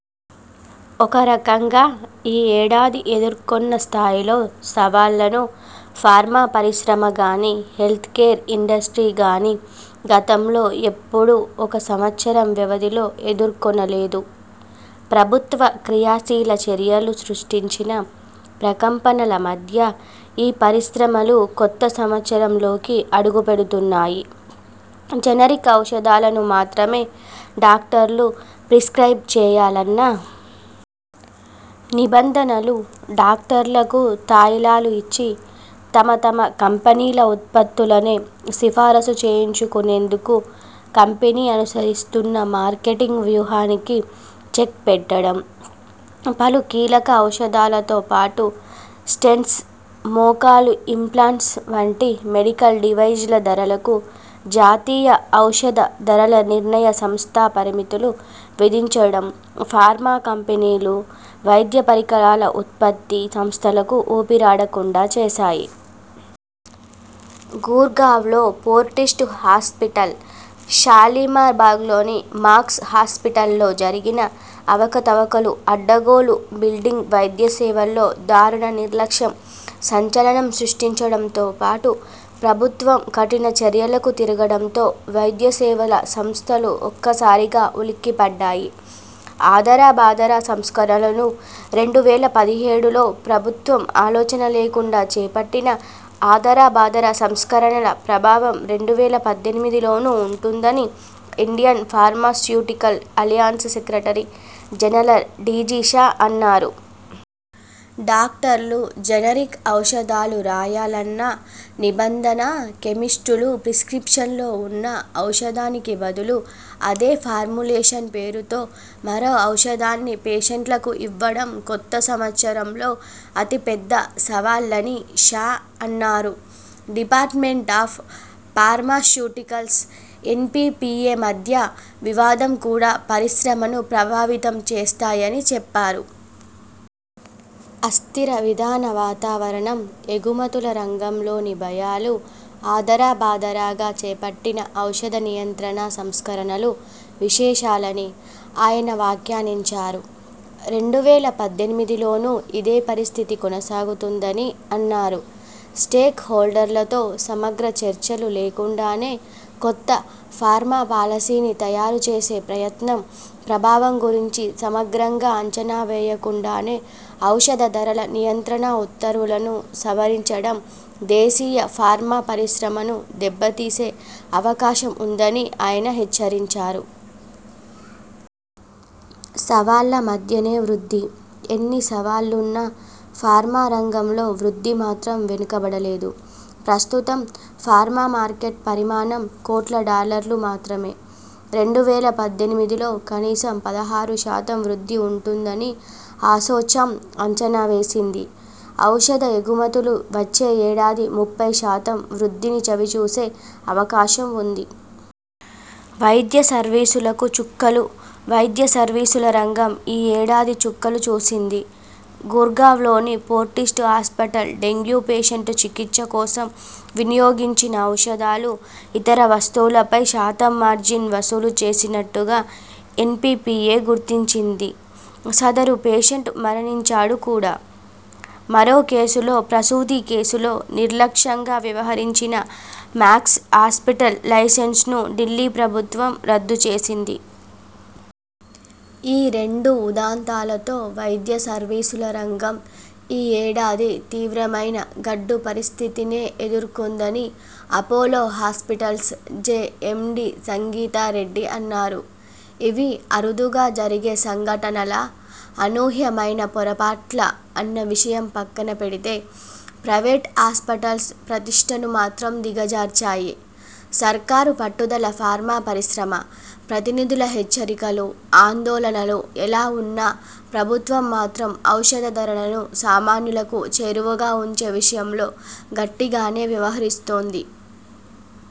ఒకరకంగా ఈ ఏడాది ఎదుర్కొన్న స్థాయిలో సవాళ్లను ఫార్మా పరిశ్రమగానీ, హెల్త్కేర్ ఇండస్ట్రీగానీ గతంలో ఎప్పుడూ ఒక సంవత్సరం వ్యవధిలో ఎదుర్కొనలేదు. ప్రభుత్వ క్రియాశీల చర్యలు సృష్టించిన ప్రకంపనల మధ్య ఈ పరిశ్రమలు కొత్త సంవత్సరంలోకి అడుగుపెడుతున్నాయి. జనరిక్ ఔషధాలను మాత్రమే డాక్టర్లు ప్రిస్క్రయిబ్ చేయాలన్న నిబంధనలు, డాక్టర్లకు తాయిలాలు ఇచ్చి తమ తమ కంపెనీల ఉత్పత్తులనే సిఫారసు చేయించుకునేందుకు కంపెనీ అనుసరిస్తున్న మార్కెటింగ్ వ్యూహానికి చెక్ పెట్టడం, పలు కీలక ఔషధాలతో పాటు స్టెంట్స్, మోకాలు ఇంప్లాంట్స్ వంటి మెడికల్ డివైజ్ల ధరలకు జాతీయ ఔషధ ధరల నిర్ణయ సంస్థ పరిమితులు విధించడం ఫార్మా కంపెనీలు, వైద్య పరికరాల ఉత్పత్తి సంస్థలకు ఊపిరాడకుండా చేశాయి. గుర్గావ్లో ఫోర్టిస్ హాస్పిటల్, షాలిమార్ భాగ్లోని మాక్స్ హాస్పిటల్లో జరిగిన అవకతవకలు, అడ్డగోలు బిల్లింగ్, వైద్యసేవల్లో దారుణ నిర్లక్ష్యం సంచలనం సృష్టించడంతోపాటు ప్రభుత్వం కఠిన చర్యలకు తిగడంతో వైద్యసేవల సంస్థలు ఒక్కసారిగా ఉలిక్కిపడ్డాయి. ఆదరబాదర సంస్కరణలు రెండు వేల పదిహేడులో ప్రభుత్వం ఆలోచనలేకుండా చేపట్టిన ఆదరబాదర సంస్కరణల ప్రభావం రెండు వేల పద్దెనిమిదిలోనూ ఉంటుందని Indian pharmaceutical alliance secretary general D G Shah అన్నారు. డాక్టర్లు జనరిక్ ఔషధాలు రాయాలన్న నిబంధన, కెమిస్టులు ప్రిస్ర్కిప్షన్లో ఉన్న ఔషధానికి బదులు అదే ఫార్ములేషన్ పేరుతో మరో ఔషధాన్ని పేషెంట్లకు ఇవ్వడంకొత్త సంవత్సరంలో అతి పెద్ద సవాళ్లని షా అన్నారు. డిపార్ట్మెంట్ ఆఫ్ ఫార్మాస్యూటికల్స్, ఎన్పిపిఎ మధ్య వివాదం కూడా పరిశ్రమను ప్రభావితం చేస్తాయని చెప్పారు. అస్థిర విధాన వాతావరణం, ఎగుమతుల రంగంలోని భయాలు, ఆదరబాదరాగా చేపట్టిన ఔషధ నియంత్రణ సంస్కరణలు విశేషాలని ఆయన వ్యాఖ్యానించారు. రెండు వేల పద్దెనిమిదిలోనూ ఇదే పరిస్థితి కొనసాగుతుందని అన్నారు. స్టేక్ హోల్డర్లతో సమగ్ర చర్చలు లేకుండానే కొత్త ఫార్మా పాలసీని తయారు చేసే ప్రయత్నం, ప్రభావం గురించి సమగ్రంగా అంచనావేయకుండానే ఔషధ ధరల నియంత్రణ ఉత్తర్వులను సవరించడం దేశీయ ఫార్మా పరిశ్రమను దెబ్బతీసే అవకాశం ఉందని ఆయన హెచ్చరించారు. సవాళ్లమధ్యనే వృద్ధి.. ఎన్ని సవాళ్లున్నా ఫార్మా రంగంలో వృద్ధి మాత్రం వెనకబడలేదు. ప్రస్తుతం ఫార్మా మార్కెట్ పరిమాణం కోట్ల డాలర్లు మాత్రమే. రెండు వేల పద్దెనిమిదిలో కనీసం పదహారు శాతం వృద్ధి ఉంటుందని అసోచామ్ అంచనావేసింది. ఔషధ ఎగుమతులు వచ్చే ఏడాది ముప్పై శాతం వృద్ధిని చవిచూసే అవకాశం ఉంది. వైద్య సర్వీసులకు చుక్కలు వైద్య సర్వీసుల రంగం ఈ ఏడాది చుక్కలు చూసింది. గుర్గావ్లోని ఫోర్టిస్ హాస్పిటల్ డెంగ్యూ పేషెంట్ చికిత్స కోసం వినియోగించిన ఔషధాలు, ఇతర వస్తువులపై శాతం మార్జిన్ వసూలు చేసినట్టుగా ఎన్పిపిఎ గుర్తించింది. సద రు పేషెంట్ మరణించాడు కూడా. మరో కేసులో ప్రసూతి కేసులో నిర్లక్ష్యంగా వ్యవహరించిన మాక్స్ హాస్పిటల్ లైసెన్స్ను ఢిల్లీ ప్రభుత్వం రద్దు చేసింది. ఈ రెండు ఉదంతాలతో వైద్య సర్వీసుల రంగం ఈ ఏడాది తీవ్రమైన గడ్డు పరిస్థితినే ఎదుర్కొందని Apollo hospitals JMD Sangita Reddy అన్నారు. ఇవి అరుదుగా జరిగే సంఘటనలా, అనూహ్యమైన పొరపాట్లా అన్న విషయం పక్కనబెడితే ప్రైవేట్ హాస్పిటల్స్ ప్రతిష్ఠను మాత్రం దిగజార్చాయి. సర్కారు పట్టుదలఫార్మా పరిశ్రమ, ప్రతినిధుల హెచ్చరికలు, ఆందోళనలు ఎలా ఉన్నా ప్రభుత్వం మాత్రం ఔషధ ధరలను సామాన్యులకు చేరువగా ఉంచే విషయంలో గట్టిగానే వ్యవహరిస్తోంది.